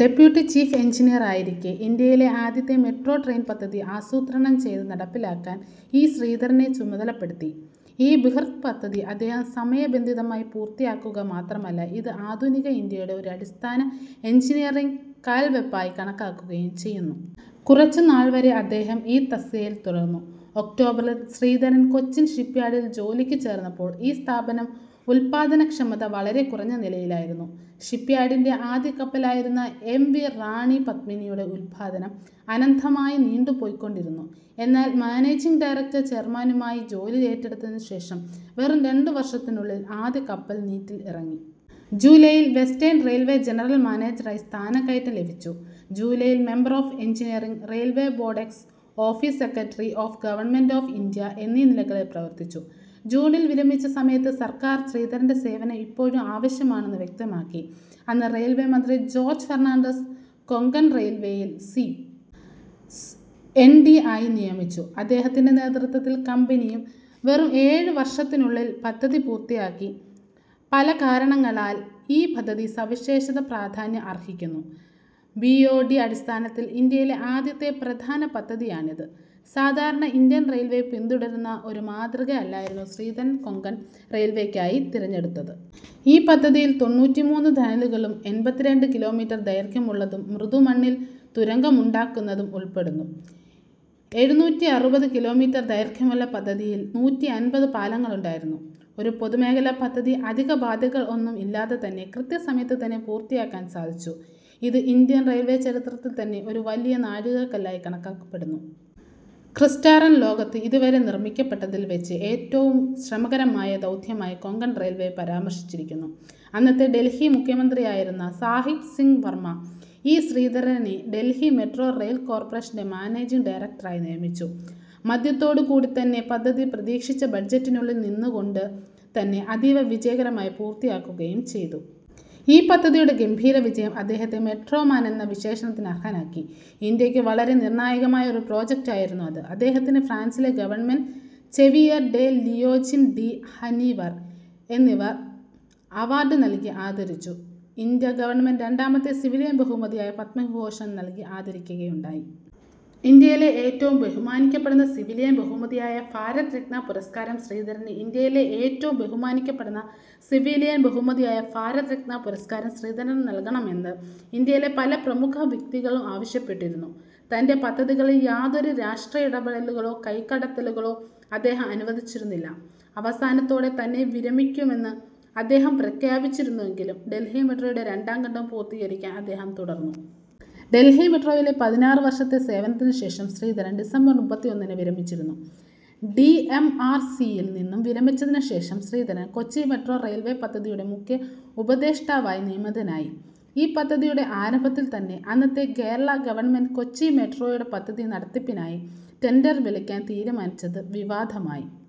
Deputy chief engineer ആയിരിക്കെ ഇന്ത്യയിലെ ആദ്യ മെട്രോ ട്രെയിൻ പദ്ധതി ആസൂത്രണം ചെയ്തു നടപ്പിലാക്കാൻ ഇ ശ്രീധരനെ ചുമതല പെടുത്തി. ഈ ബൃഹത് പദ്ധതി അദ്ദേഹം സമയ ബന്ധിതമായി പൂർത്തിയാക്കുക മാത്രമല്ല, ഇത് ആധുനിക ഇന്ത്യയുടെ ഒരു അടിസ്ഥാന എഞ്ചിനീയറിംഗ് കാൽവെപ്പായി കണക്കാക്കുകയും ചെയ്യുന്നു. കുറച്ചുനാൾവരെ അദ്ദേഹം ഈ തസ്തികയിൽ തുടർന്നു. ഒക്ടോബറിൽ ശ്രീധരൻ കൊച്ചിൻ ഷിപ്യാർഡിൽ ജോലിക്കു ചേർന്നപ്പോൾ, ഈ സ്ഥാപനം ഉല്പാദന ക്ഷമത വളരെ കുറഞ്ഞ നിലയിൽ ആയിരുന്നു. ഷിപ്യാർഡിന്റെ ആദ്യ കപ്പൽ ആയിരുന്ന എം. വി. റാണി പദ്മിനി യുടെ ഉൽപാദനം അനന്തമായി നീണ്ടു പോയിക്കൊണ്ടിരുന്നു. എന്നാൽ മാനേജിങ് ഡയറക്ടറും ചെയർമാനുമായി ആയി ജോലി ഏറ്റെടുത്തതിനു ശേഷം വെറും രണ്ടു വർഷത്തിനുള്ളിൽ ആദ്യ കപ്പൽ നീറ്റിൽ ഇറങ്ങി. ജൂലായിൽ വെസ്റ്റേൺ റെയിൽവേ ജനറൽ മാനേജരായി സ്ഥാന കയറ്റം ലഭിച്ചു. ജൂലായിൽ member of engineering, railway board ex office secretary of government of India എന്നീ നിലകളിലും പ്രവർത്തിച്ചു. ജൂണിൽ വിരമിച്ച സമയത്ത് സർക്കാർ ശ്രീധരന്റെ സേവനം ഇപ്പോഴും ആവശ്യമാണെന്ന് വ്യക്തമാക്കി, അന്ന് റെയിൽവേ മന്ത്രി ജോർജ് ഫെർണാണ്ടസ് കൊങ്കൺ റെയിൽവേയിൽ സി. എൻ. ഡി ആയി നിയമിച്ചു. അദ്ദേഹത്തിന്റെ നേതൃത്വത്തിൽ കമ്പനി വെറും ഏഴു വർഷത്തിനുള്ളിൽ പദ്ധതി പൂർത്തിയാക്കി. പല കാരണങ്ങളാൽ ഈ പദ്ധതി സവിശേഷ പ്രാധാന്യം അർഹിക്കുന്നു. ബി. ഒ. ടി. അടിസ്ഥാനത്തിൽ ഇന്ത്യയിലെ ആദ്യത്തെ പ്രധാന പദ്ധതിയാണിത്. സാധാരണ ഇന്ത്യൻ റെയിൽവേ പിന്തുടരുന്ന ഒരു മാതൃക അല്ലായിരുന്നു ശ്രീധരൻ കൊങ്കൺ റെയിൽവേക്കായി തിരഞ്ഞെടുത്തത്. ഈ പദ്ധതിയിൽ തൊണ്ണൂറ്റിമൂന്ന് ടണലുകളും എൺപത്തിരണ്ട്‍ കിലോമീറ്റർ ദൈർഘ്യമുള്ളതും മൃദു മണ്ണിലൂടെ തുരങ്കമുണ്ടാക്കുന്നതും ഉൾപ്പെടുന്നു. എഴുനൂറ്റിഅറുപത് കിലോമീറ്റർ ദൈർഘ്യമുള്ള പദ്ധതിയിൽ നൂറ്റിഅമ്പത് പാലങ്ങൾ ഉണ്ടായിരുന്നു. ഒരു പൊതുമേഖലാ പദ്ധതി അധിക ബാദ്ധ്യതകൾ ഒന്നും തന്നെ ഇല്ലാതെ കൃത്യ സമയത്തു തന്നെ പൂർത്തിയാക്കാൻ സാധിച്ചു. ഇത് ഇന്ത്യൻ റെയിൽവേ ചരിത്രത്തിൽ തന്നെ ഒരു വലിയ നാഴികകല്ലായി കണക്കാക്കപ്പെടുന്നു. ക്രിസ്റ്റാറന്റ് ലോകത്തു ഇതുവരെ നിർമിക്കപ്പെട്ടിട്ടുള്ളതിൽ വച്ച് ഏറ്റവും ശ്രമകരമായ ദൗത്യമായി കൊങ്കൺ റെയിൽവേ പരാമർശിച്ചിരിക്കുന്നു. അന്നത്തെ ഡൽഹി മുഖ്യമന്ത്രി ആയിരുന്ന സാഹിബ് സിംഗ് വർമ്മ, ഇ ശ്രീധരനെ ഡൽഹി മെട്രോ റെയിൽ കോർപറേഷന്റെ മാനേജിങ് ഡയറക്ടർ ആയി നിയമിച്ചു. മധ്യത്തോടു കൂടിത്തന്നെ പദ്ധതി പ്രതീക്ഷിച്ച ബഡ്ജറ്റിൽനുള്ളിൽ നിന്നുകൊണ്ട് തന്നെ അതീവ വിജയകരമായി പൂർത്തി ആക്കുകയും ചെയ്തു. ഈ പദ്ധതിയുടെ ഗംഭീര വിജയം അദ്ദേഹത്തെ "മെട്രോ മാൻ" എന്ന വിശേഷണത്തിന് അർഹനാക്കി. ഇന്ത്യക്കു വളരെ നിർണായകമായ ഒരു പ്രൊജക്റ്റ് ആയിരുന്നു അത്. അദ്ദേഹം ഫ്രാൻസിലെ government, Chevalier de Legion d'honneur എന്നിവ അവാർഡ് നൽകി ആദരിച്ചു. ഇന്ത്യ ഗവണ്മെന്റ് രണ്ടാമത്തെ സിവിലിയൻ ബഹുമതി ആയ പദ്മവിഭൂഷൺ നൽകി ആദരിക്കുക ഉണ്ടായി. ഇന്ത്യയിലെ ഏറ്റവും ബഹുമാനിക്കപ്പെടുന്ന സിവിലിയൻ ബഹുമതിയായ ഭാരത് രത്ന പുരസ്കാരം ശ്രീധരന് ഇന്ത്യയിലെ ഏറ്റവും ബഹുമാനിക്കപ്പെടുന്ന സിവിലിയൻ ബഹുമതിയായ ഭാരത് രത്ന പുരസ്കാരം ശ്രീധരന് നൽകണമെന്ന് ഇന്ത്യയിലെ പല പ്രമുഖ വ്യക്തികളും ആവശ്യപ്പെട്ടിരുന്നു. തന്റെ പദ്ധതികളിൽ യാതൊരു രാഷ്ട്രീയ ഇടപെടലുകളോ കൈകടത്തലുകളോ അദ്ദേഹം അനുവദിച്ചിരുന്നില്ല. അവസാനത്തോടെ തന്നെ വിരമിക്കുമെന്ന് അദ്ദേഹം പ്രഖ്യാപിച്ചിരുന്നുവെങ്കിലും ഡൽഹി മെട്രോയുടെ രണ്ടാംഘട്ടം പൂർത്തീകരിക്കാൻ അദ്ദേഹം തുടർന്നു. ഡൽഹി മെട്രോയിലെ പതിനാറ് വർഷത്തെ സേവനത്തിനു ശേഷം ശ്രീധരൻ ഡിസംബർ മുപ്പത്തിഒന്നിന് വിരമിച്ചിരുന്നു. ഡി. എം. ആർ. സി. യിൽ നിന്ന് വിരമിച്ചതിനു ശേഷം ശ്രീധരൻ കൊച്ചി മെട്രോ റെയിൽ പദ്ധതിയുടെ മുഖ്യ ഉപദേഷ്ടാവായി നിയമിതനായി. ഈ പദ്ധതിയുടെ ആരംഭത്തിൽ തന്നെ അന്നത്തെ കേരള ഗവണ്മെന്റ് കൊച്ചി മെട്രോ യുടെ പദ്ധതി നടത്തിപ്പിനായി ടെൻഡർ വിളിക്കാൻ തീരുമാനിച്ചത് വിവാദമായി.